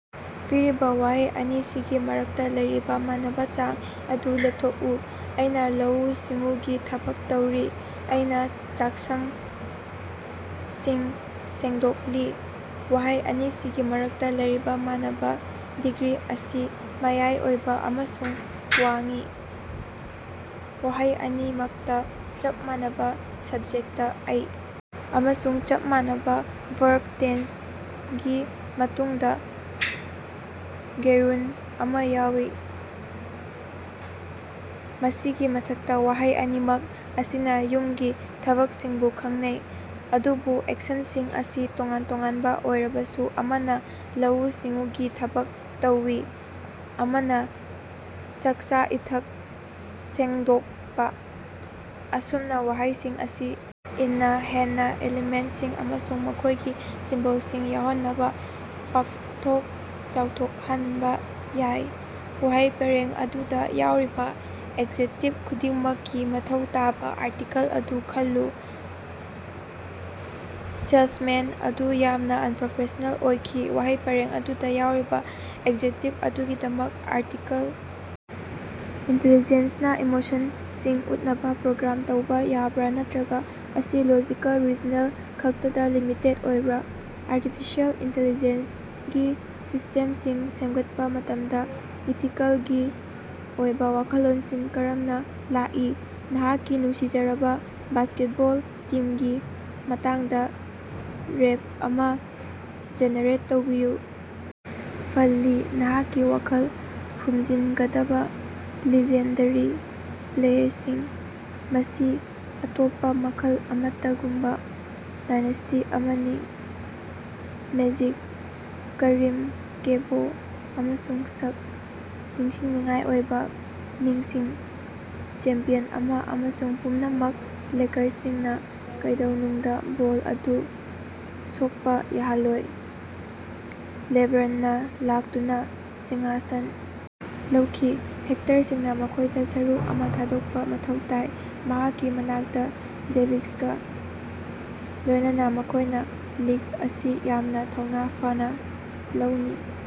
ꯄꯤꯔꯤꯕ ꯋꯥꯍꯩ ꯑꯅꯤꯁꯤꯒꯤ ꯃꯔꯛꯇ ꯂꯩꯔꯤꯕ ꯃꯥꯟꯅꯕ ꯆꯥꯡ ꯑꯗꯨ ꯂꯦꯞꯊꯣꯛꯎ꯫ ꯑꯩꯅ ꯂꯧꯎ-ꯁꯤꯡꯎꯒꯤ ꯊꯕꯛ ꯇꯧꯔꯤ꯫ ꯑꯩꯅ ꯆꯥꯛꯁꯡꯁꯤꯡ ꯁꯦꯡꯗꯣꯛꯂꯤ꯫ ꯋꯥꯍꯩ ꯑꯅꯤꯁꯤꯒꯤ ꯃꯔꯛꯇ ꯂꯩꯔꯤꯕ ꯃꯥꯟꯅꯕ ꯗꯤꯒ꯭ꯔꯤ ꯑꯁꯤ ꯃꯌꯥꯏ ꯑꯣꯏꯕ ꯑꯃꯁꯨꯡ ꯋꯥꯡꯏ꯫ ꯋꯥꯍꯩ ꯑꯅꯤꯃꯛꯇ ꯆꯞ ꯃꯥꯟꯅꯕ ꯁꯕꯖꯦꯛꯇ "ꯑꯩ" ꯑꯃꯁꯨꯡ ꯆꯞ ꯃꯥꯟꯅꯕ ꯕꯔꯕ ꯇꯦꯟꯁ ꯒꯤ ꯃꯇꯨꯡꯗ ꯒꯦꯔꯨꯟꯗ ꯑꯃ ꯌꯥꯎꯏ꯫ ꯃꯁꯤꯒꯤ ꯃꯊꯛꯇ ꯋꯥꯍꯩ ꯑꯅꯤꯃꯛ ꯑꯁꯤꯅ ꯌꯨꯝꯒꯤ ꯊꯕꯛꯁꯤꯡꯕꯨ ꯈꯪꯅꯩ, ꯑꯗꯨꯕꯨ ꯑꯦꯛꯁꯟꯁꯤꯡ ꯑꯁꯤ ꯇꯣꯉꯥꯟ-ꯇꯣꯉꯥꯟꯕ ꯑꯣꯏꯔꯕꯁꯨ ꯑꯃꯅ ꯂꯧꯎ-ꯁꯤꯡꯎꯒꯤ ꯊꯕꯛ ꯇꯧꯕ ꯑꯃꯅ ꯆꯥꯛꯆꯥ-ꯏꯊꯛ ꯁꯦꯡꯗꯣꯛꯄ꯫ ꯑꯁꯨꯝꯅ ꯋꯥꯍꯩꯁꯤꯡ ꯑꯁꯤ ꯏꯟꯅ ꯍꯦꯟꯅ ꯏꯂꯤꯃꯦꯟꯇꯁꯤꯡ ꯑꯃꯁꯨꯡ ꯃꯈꯣꯏꯒꯤ ꯁꯤꯝꯕꯣꯜꯁꯤꯡ ꯌꯥꯎꯍꯟꯅꯕ ꯄꯥꯛꯊꯣꯛ ꯆꯥꯎꯊꯣꯛꯍꯟꯕ ꯌꯥꯏ꯫ ꯋꯥꯍꯩ ꯄꯔꯦꯡ ꯑꯗꯨꯗ ꯌꯥꯎꯔꯤꯕ ꯑꯦꯖꯦꯛꯇꯤꯚ ꯈꯨꯗꯤꯡꯃꯛꯀꯤ ꯃꯊꯧ ꯇꯥꯕ ꯑꯥꯔꯇꯤꯀꯜ ꯑꯗꯨ ꯈꯜꯂꯨ: ꯁꯦꯜꯁꯃꯦꯟ ꯑꯗꯨ ꯌꯥꯝꯅ ꯑꯟꯄ꯭ꯔꯣꯐꯦꯁ꯭ꯅꯦꯜ ꯑꯣꯏꯈꯤ꯫ ꯋꯥꯍꯩ ꯄꯔꯦꯡ ꯑꯗꯨꯗ ꯌꯥꯎꯔꯤꯕ ꯑꯦꯖꯦꯛꯇꯤꯚ ꯑꯗꯨꯒꯤꯗꯃꯛ ꯑꯥꯔꯇꯤꯀꯜ ꯏꯟꯇꯦꯂꯤꯖꯦꯟꯁ ꯅ ꯏꯃꯣꯁꯟꯁꯤꯡ ꯎꯠꯅꯕ ꯄ꯭ꯔꯣꯒ꯭ꯔꯥꯝ ꯇꯧꯕ ꯌꯥꯕꯔ ꯅꯠꯇ꯭ꯔꯒ ꯃꯁꯤ ꯂꯣꯖꯤꯀꯦꯜ ꯔꯤꯖꯅꯦꯜ ꯈꯛꯇꯗ ꯂꯤꯃꯤꯇꯦꯗ ꯑꯣꯏꯕꯔꯥ? ꯑꯥꯔꯇꯤꯐꯤꯁꯤꯑꯦꯜ ꯏꯟꯇꯦꯂꯤꯖꯦꯟꯁꯒꯤ ꯁꯤꯁꯇꯦꯝꯁꯤꯡ ꯁꯦꯝꯒꯠꯄ ꯃꯇꯝꯗ ꯏꯊꯤꯀꯦꯜꯒꯤ ꯑꯣꯏꯕ ꯋꯥꯈꯜꯂꯣꯟꯁꯤꯡ ꯀꯔꯝꯅ ꯂꯥꯛꯏ? ꯅꯍꯥꯛꯀꯤ ꯅꯨꯡꯁꯤꯖꯔꯕ ꯕꯥꯁꯀꯦꯠꯕꯣꯜ ꯇꯤꯝꯒꯤ ꯃꯇꯥꯡꯗ ꯔꯦꯞ ꯑꯃ ꯖꯦꯅꯦꯔꯦꯠ ꯇꯧꯕꯤꯌꯨ꯫ ꯐꯜꯂꯤ, ꯅꯍꯥꯛꯀꯤ ꯋꯥꯈꯜ ꯐꯨꯝꯖꯤꯟꯒꯗꯕ ꯂꯤꯖꯦꯟꯗꯔꯤ ꯄ꯭ꯂꯦꯁꯤꯡ ꯃꯁꯤ ꯑꯇꯣꯞꯄ ꯃꯈꯜ ꯑꯃꯠꯇꯒꯨꯝꯕ ꯗꯥꯏꯅꯦꯁ꯭ꯇꯤ ꯑꯃꯅꯤ꯫ ꯃꯦꯖꯤꯛ, ꯀꯔꯤꯝ, ꯀꯣꯕꯦ, ꯑꯃꯁꯨꯡ ꯁꯛ, ꯅꯤꯡꯁꯤꯡꯅꯤꯡꯉꯥꯏ ꯑꯣꯏꯕ ꯃꯤꯡꯁꯤꯡ, ꯆꯦꯝꯄꯤꯌꯟ ꯑꯃ ꯑꯃꯁꯨꯡ ꯄꯨꯝꯅꯃꯛ ꯂꯦꯀꯔꯁꯤꯡꯅ ꯀꯩꯗꯧꯅꯨꯡꯗ ꯕꯣꯜ ꯑꯗꯨ ꯁꯣꯛꯄ ꯌꯥꯍꯜꯂꯣꯏ꯫ ꯂꯦꯕ꯭ꯔꯟꯅ ꯂꯥꯛꯇꯨꯅ ꯁꯤꯡꯍꯥꯁꯟ ꯂꯧꯈꯤ, ꯍꯦꯇꯔꯁꯤꯡꯅ ꯃꯈꯣꯏꯗ ꯁꯔꯨ ꯑꯃ ꯊꯥꯗꯣꯛꯄ ꯃꯊꯧ ꯇꯥꯏ, ꯃꯍꯥꯛꯀꯤ ꯃꯅꯥꯛꯇ ꯗꯦꯕꯤꯁꯀ ꯂꯣꯏꯅꯅ ꯃꯈꯣꯏꯅ ꯂꯤꯒ ꯑꯁꯤ ꯌꯥꯝꯅ ꯊꯧꯅꯥ ꯐꯅ ꯂꯧꯅꯤ꯫